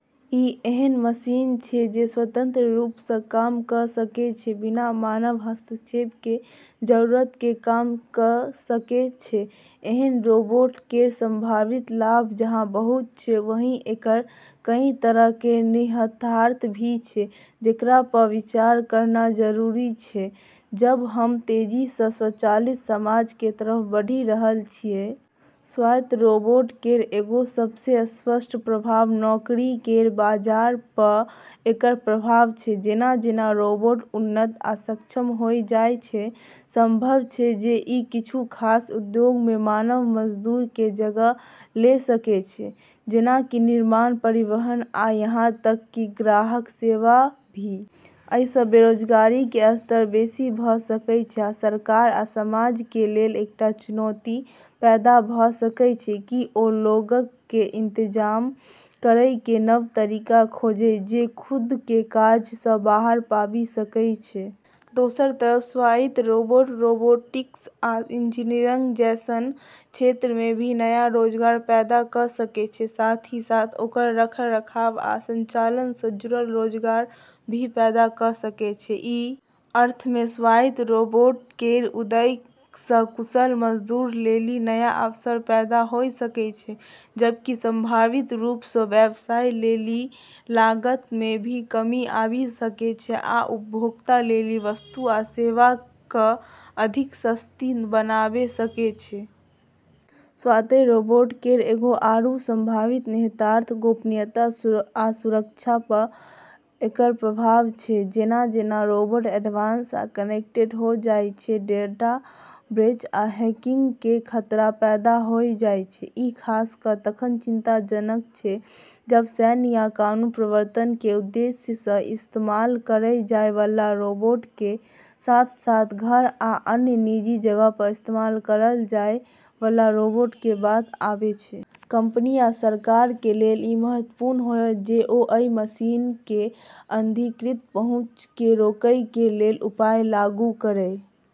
ई ऐन्हन मशीन छै जे स्वतंत्र रूप सँ काम क सकै छै, बिना मानव हस्तक्षेप के जरूरत के काम क सकै छै। ऐन्हन रोबोट केर संभावित लाभ जहाँ बहुत छै, वहीं एकर कई तरह के निहितार्थ भी छै जेकरा प विचार करना जरूरी छै जब हम तेजी सँ स्वचालित समाज के तरफ बढ़ी रहल छियै। स्वायत्त रोबोट केर एगो सबसें स्पष्ट प्रभाव नौकरी केर बाजार प एकर प्रभाव छै। जेना-जेना रोबोट उन्नत आ सक्षम होय जाय छै, संभव छै जे ई कुछ खास उद्योग मे मानव मजदूर के जगह ले सकै छै, जेना कि निर्माण, परिवहन आ यहां तक कि ग्राहक सेवा भी। अइ सँ बेरोजगारी कें स्तर बेसि भ सकय छै आ सरकारक आ समाजक कें लेल एकटा चुनौती पैदा भ सकय छै कि ओ लोगक कें इंतजाम करय कें नव तरीका खोजय जे खुद कें काज सँ बाहर पाबि सकय छै। दोसर तरफ स्वायत्त रोबोट रोबोटिक्स आ इंजीनियरिंग जैसन क्षेत्र मे भी नया रोजगार पैदा क सकै छै, साथ ही साथ ओकर रखरखाव आ संचालन सँ जुड़ल रोजगार भी पैदा क सकै छै। ई अर्थ मे स्वायत्त रोबोट केर उदय सँ कुशल मजदूर लेली नया अवसर पैदा होय सकै छै, जबकि संभावित रूप सँ व्यवसाय लेली लागत मे भी कमी आबी सकै छै आ उपभोक्ता लेली वस्तु आ सेवा क अधिक सस्ती बनाबै सकै छै। स्वायत्त रोबोट केर एगो आरू संभावित निहितार्थ गोपनीयता आ सुरक्षा प एकर प्रभाव छै। जेना-जेना रोबोट एडवांस आ कनेक्टेड होय जाय छै, डाटा ब्रेच आ हैकिंग के खतरा पैदा होय जाय छै। ई खास कय तखन चिंताजनक छै जब सैन्य या कानून प्रवर्तन के उद्देश्य सँ इस्तेमाल करल जाय वाला रोबोट के साथ-साथ घर आ अन्य निजी जगह प इस्तेमाल करल जाय वाला रोबोट के बात आबै छै। कंपनी आ सरकारक कें लेल इ महत्वपूर्ण होयत जे ओ अइ मशीनक कें अनधिकृत पहुंच कें रोकय कें लेल उपाय लागू करय।